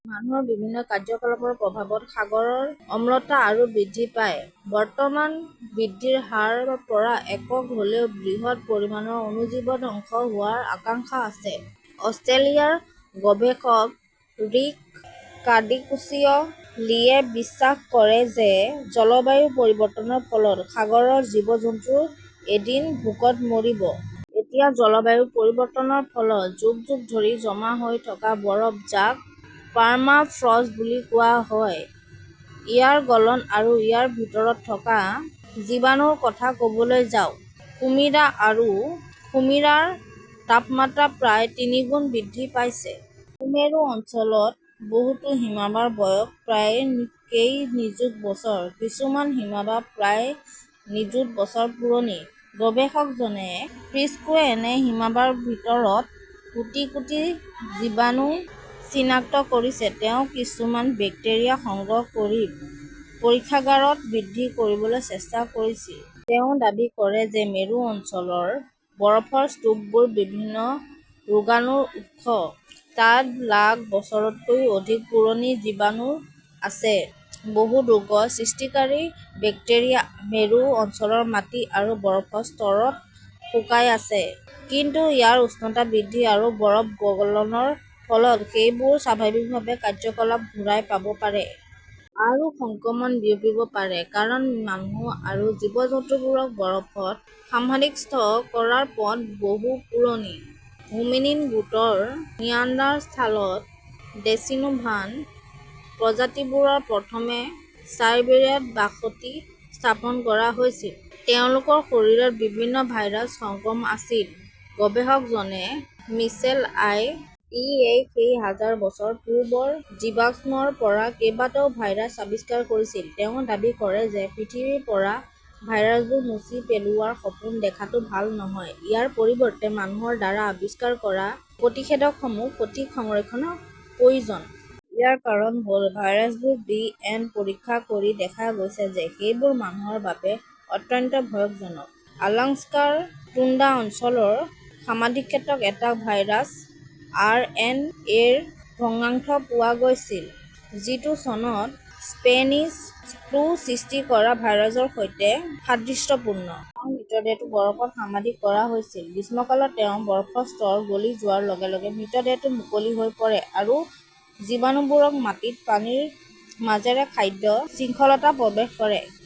মানুহৰ বিভিন্ন কাৰ্যকলাপৰ প্ৰভাৱত সাগৰৰ অম্লতা আৰু বৃদ্ধি পায়, বৰ্তমান বৃদ্ধিৰ হাৰ ৰ পৰা একক হ 'লেও, বৃহৎ পৰিমাণৰ অণুজীৱ ধ্বংস হোৱাৰ আকাংশা আছে। অষ্ট্ৰেলিয়াৰ গৱেষক ৰিক কাভিকোচিঅ 'লীয়ে বিশ্বাস কৰে যে জলবায়ু পৰিৱৰ্তনৰ ফলত সাগৰৰ জীৱ-জন্তুবোৰ এদিন ভোকত মৰিব। এতিয়া জলবায়ু পৰিৱৰ্তনৰ ফলত যুগ-যুগ ধৰি জমা হৈ থকা বৰফ, যাক পাৰ্মাফ্ৰষ্ট বুলি কোৱা হয়, ইয়াৰ গলন আৰু ইয়াৰ ভিতৰত থকা জীৱাণুৰ কথা কবলৈ যাওক। কুমিৰা আৰু সুমিৰাৰ তাপমাত্ৰা প্ৰায় তিনিগুণ বৃদ্ধি পাইছে। কুমেৰু অঞ্চলৰ বহুতো হিমবাহৰ বয়স প্ৰায় কেই নিযুত বছৰ। কিছুমান হিমবাহ প্ৰায় নিযুত বছৰ পুৰণি। গৱেষক জন প্ৰিস্কুৱে এনে হিমবাহৰ ভিতৰত কোটি-কোটি জীৱাণু চিনাক্ত কৰিছে। তেওঁ কিছুমান বেক্টেৰিয়া সংগ্ৰহ কৰি পৰীক্ষাগাৰত বৃদ্ধি কৰিবলৈ চেষ্টা কৰিছিল। তেওঁ দাবী কৰে যে মেৰু অঞ্চলৰ বৰফৰ স্তূপবোৰ বিভিন্ন ৰোগাণুৰ উৎস। তাত লাখ বছৰতকৈও অধিক পুৰণি জীৱাণুও আছে। বহুতো ৰোগ সৃষ্টিকাৰী বেক্টেৰিয়া মেৰু অঞ্চলৰ মাটি আৰু বৰফৰ স্তৰত শুকাই আছে। কিন্তু ইয়াৰ উষ্ণতা বৃদ্ধি আৰু বৰফ গলনৰ ফলত সেইবোৰে স্বাভাৱিক কাৰ্য্যকলাপ ঘূৰাই পাব পাৰে। আৰু সংক্ৰমণ বিয়পিব পাৰে। কাৰণ মানুহ আৰু জীৱ-জন্তুবোৰক বৰফত সমাধিস্থ কৰাৰ পথ বহু পুৰণি। 'হোমিনিন গোটৰ নিয়াণ্ডাৰথাল, ডেচিনোভান প্ৰজাতিবোৰ প্ৰথমে চাইবেৰিয়াত বাসতি স্থাপন কৰা হৈছিল। তেওঁলোকৰ শৰীৰত বিভিন্ন ভাইৰাছৰ সংক্ৰমণ আছিল। গৱেষক জন মিচেল আই. ডি.-এ সেই হাজাৰ বছৰ পূৰ্বৰ জীৱাশ্মৰ পৰা কেইবাটাও ভাইৰাছ আৱিষ্কাৰ কৰিছিল। তেওঁ দাবী কৰে যে পৃথিৱীৰ পৰা ভাইৰাছবোৰ মচি পেলোৱাৰ সপোন দেখাটো ভাল নহয়। ইয়াৰ পৰিৱৰ্তে মানুহৰ দ্বাৰা আৱিষ্কাৰ কৰা প্ৰতিষেধকসমূহৰ সঠিক সংৰক্ষণৰ প্ৰয়োজন। ইয়াৰ কাৰণ হল এই ভাইৰাছবোৰৰ ডি এন এ পৰীক্ষা কৰি দেখা গৈছে যে সেইবোৰ মানুহৰ বাবে অত্যন্ত বিপজ্জনক। আলাস্কাৰ টুন্দ্ৰা অঞ্চলৰ সমাধিক্ষেত্ৰত এটা ভাইৰাছ আৰ. এন. এ. -ৰ ভগ্নাংশ পোৱা গৈছিল। যিটো চনত স্পেনিছ ফ্লু সৃষ্টি কৰা ভাইৰাছৰ সৈতে সাদৃশ্যপূৰ্ণ। তেওঁৰ মৃতদেহ বৰফত সমাধিস্থ কৰা হৈছিল। গ্ৰীষ্মকালত তেওঁ বৰফৰ স্তৰ গলি যোৱাৰ লগে লগে মৃতদেহটো মুকলি হৈ পৰে আৰু জীৱাণুবোৰ মাটি, পানীৰ মাজেৰে খাদ্য শৃংখলতা প্ৰৱেশ কৰে।